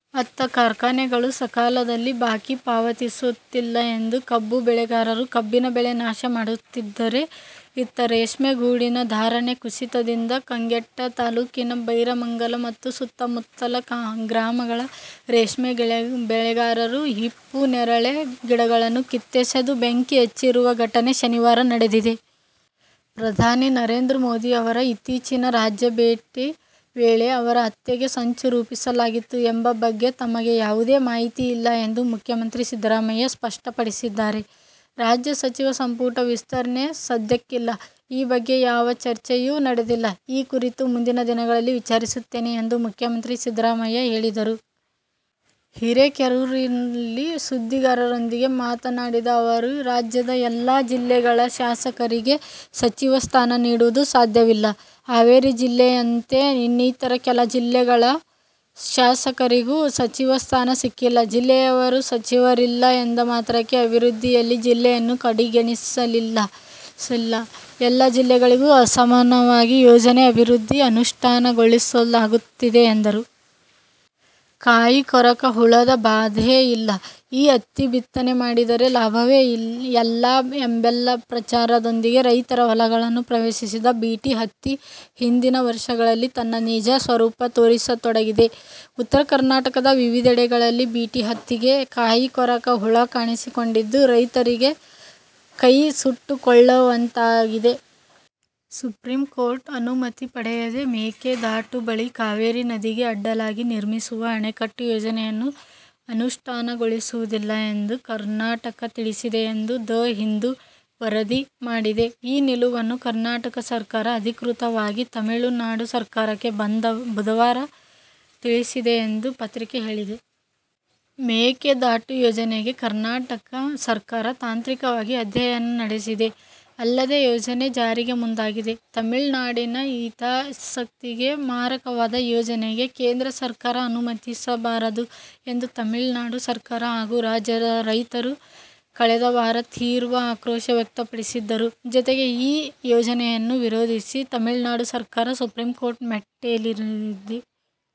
ಅತ್ತ ಕಾರ್ಖಾನೆಗಳು ಸಕಾಲದಲ್ಲಿ ಬಾಕಿ ಪಾವತಿಸುತ್ತಿಲ್ಲ ಎಂದು ಕಬ್ಬು ಬೆಳೆಗಾರರು ಕಬ್ಬಿನ ಬೆಳೆ ನಾಶ ಮಾಡುತ್ತಿದ್ದರೆ, ಇತ್ತ ರೇಷ್ಮೆ ಗೂಡಿನ ಧಾರಣೆ ಕುಸಿತದಿಂದ ಕಂಗೆಟ್ಟ ತಾಲೂಕಿನ ಬೈರಮಂಗಲ ಮತ್ತು ಸುತ್ತಮುತ್ತಲ ಗ್ರಾಮಗಳ ರೇಷ್ಮೆ ಬೆಳೆಗಾರರು ಹಿಪ್ಪುನೇರಳೆ ಗಿಡಗಳನ್ನು ಕಿತ್ತೆಸೆದು, ಬೆಂಕಿ ಹಚ್ಚಿರುವ ಘಟನೆ ಶನಿವಾರ ನಡೆದಿದೆ. ಪ್ರಧಾನಿ ನರೇಂದ್ರ ಮೋದಿ ಅವರ ಇತ್ತೀಚಿನ ರಾಜ್ಯ ಭೇಟಿ ವೇಳೆ ಅವರ ಹತ್ಯೆಗೆ ಸಂಚು ರೂಪಿಸಲಾಗಿತ್ತು ಎಂಬ ಬಗ್ಗೆ ತಮಗೆ ಯಾವುದೇ ಮಾಹಿತಿ ಇಲ್ಲ ಎಂದು ಮುಖ್ಯಮಂತ್ರಿ ಸಿದ್ದರಾಮಯ್ಯ ಸ್ಪಷ್ಟಪಡಿಸಿದ್ದಾರೆ. ರಾಜ್ಯ ಸಚಿವ ಸಂಪುಟ ವಿಸ್ತರಣೆ ಸದ್ಯಕ್ಕಿಲ್ಲ. ಈ ಬಗ್ಗೆ ಯಾವ ಚರ್ಚೆಯೂ ನಡೆದಿಲ್ಲ. ಈ ಕುರಿತು ಮುಂದಿನ ದಿನಗಳಲ್ಲಿ ವಿಚಾರಿಸುತ್ತೇನೆ ಎಂದು ಮುಖ್ಯಮಂತ್ರಿ ಸಿದ್ದರಾಮಯ್ಯ ಹೇಳಿದರು. ಹಿರೇಕೆರೂರಲ್ಲಿ ಸುದ್ದಿಗಾರರೊಂದಿಗೆ ಮಾತನಾಡಿದ ಅವರು, ರಾಜ್ಯದ ಎಲ್ಲ ಜಿಲ್ಲೆಗಳ ಶಾಸಕರಿಗೆ ಸಚಿವ ಸ್ಥಾನ ನೀಡುವುದು ಸಾಧ್ಯವಿಲ್ಲ. ಹಾವೇರಿ ಜಿಲ್ಲೆಯಂತೆ ಇನ್ನಿತರ ಕೆಲ ಜಿಲ್ಲೆಗಳ ಶಾಸಕರಿಗೂ ಸಚಿವ ಸ್ಥಾನ ಸಿಕ್ಕಿಲ್ಲ. ಜಿಲ್ಲೆಯವರು ಸಚಿವರಿಲ್ಲ ಎಂದ ಮಾತ್ರಕ್ಕೆ ಅಭಿವೃದ್ಧಿಯಲ್ಲಿ ಜಿಲ್ಲೆಯನ್ನು ಕಡೆಗಣಿಸಿಲ್ಲ. ಎಲ್ಲ ಜಿಲ್ಲೆಗಳಿಗೂ ಸಮಾನವಾಗಿ ಯೋಜನೆ, ಅಭಿವೃದ್ಧಿ ಅನುಷ್ಠಾನಗೊಳಿಸಲಾಗುತ್ತಿದೆ ಎಂದರು. ಕಾಯಿಕೊರಕ ಹುಳದ ಬಾಧೆ ಇಲ್ಲ. ಈ ಹತ್ತಿ ಬಿತ್ತನೆ ಮಾಡಿದರೆ ಲಾಭವೇ ಎಲ್ಲ ಎಂಬೆಲ್ಲ ಪ್ರಚಾರದೊಂದಿಗೆ ರೈತರ ಹೊಲಗಳನ್ನು ಪ್ರವೇಶಿಸಿದ ಬಿ. ಟಿ. ಹತ್ತಿ ಹಿಂದಿನ ವರ್ಷಗಳಲ್ಲಿ ತನ್ನ ನಿಜ ಸ್ವರೂಪ ತೋರಿಸತೊಡಗಿದೆ. ಉತ್ತರ ಕರ್ನಾಟಕದ ವಿವಿಧೆಡೆಗಳಲ್ಲಿ ಬಿ. ಟಿ. ಹತ್ತಿಗೆ ಕಾಯಿಕೊರಕ ಹುಳ ಕಾಣಿಸಿಕೊಂಡಿದ್ದು, ರೈತರೀಗ ಕೈ ಸುಟ್ಟುಕೊಳ್ಳುವಂತಾಗಿದೆ. ಸುಪ್ರೀಂಕೋರ್ಟ್ ಅನುಮತಿ ಪಡೆಯದೇ ಮೇಕೆ ದಾಟು ಬಳಿ ಕಾವೇರಿ ನದಿಗೆ ಅಡ್ಡಲಾಗಿ ನಿರ್ಮಿಸುವ ಅಣೆಕಟ್ಟು ಯೋಜನೆಯನ್ನು ಅನುಷ್ಠಾನಗೊಳಿಸುವುದಿಲ್ಲ ಎಂದು ಕರ್ನಾ ಟಕ ತಿಳಿಸಿದೆ ಎಂದು "ದ ಹಿಂದು' ವರದಿ ಮಾಡಿದೆ. ಈ ನಿಲುವನ್ನು ಕರ್ನಾಟಕ ಸರ್ಕಾರ, ಅಧಿಕೃತವಾಗಿ ತಮಿಳುನಾಡು ಸರ್ಕಾರಕ್ಕೆ ಬುಧವಾರ ತಿಳಿಸಿದೆ ಎಂದು ಪತ್ರಿಕೆ ಹೇಳಿದೆ. "ಮೇಕೆದಾಟು ಯೋಜನೆಗೆ ಕರ್ನಾಟಕ ಸರ್ಕಾರ ತಾಂತ್ರಿಕವಾಗಿ ಅಧ್ಯಯನ ನಡೆಸಿದೆ. ಅಲ್ಲದೇ ಯೋಜನೆ ಜಾರಿಗೆ ಮುಂದಾಗಿದೆ. ತಮಿಳ್ನಾಡಿನ ಹಿತಾಸಕ್ತಿಗೆ ಮಾರಕವಾದ ಯೋಜನೆಗೆ ಕೇಂದ್ರ ಸರ್ಕಾರ ಅನುಮತಿಸಬಾರದು' ಎಂದು ತಮಿಳುನಾಡು ಸರ್ಕಾರ ಹಾಗೂ ರಾಜ್ಯದ ರೈತರು ಕಳೆದ ವಾರ ತೀವ್ರ ಆಕ್ರೋಶ ವ್ಯಕ್ತಪಡಿಸಿದ್ದರು. ಜತೆಗೆ ಈ ಯೋಜನೆಯನ್ನು ವಿರೋಧಿಸಿ ತಮಿಳುನಾಡು ಸರ್ಕಾರ ಸುಪ್ರೀಕೋರ್ಟ್ ಮೆಟ್ಟಿಲೇರಿದೆ.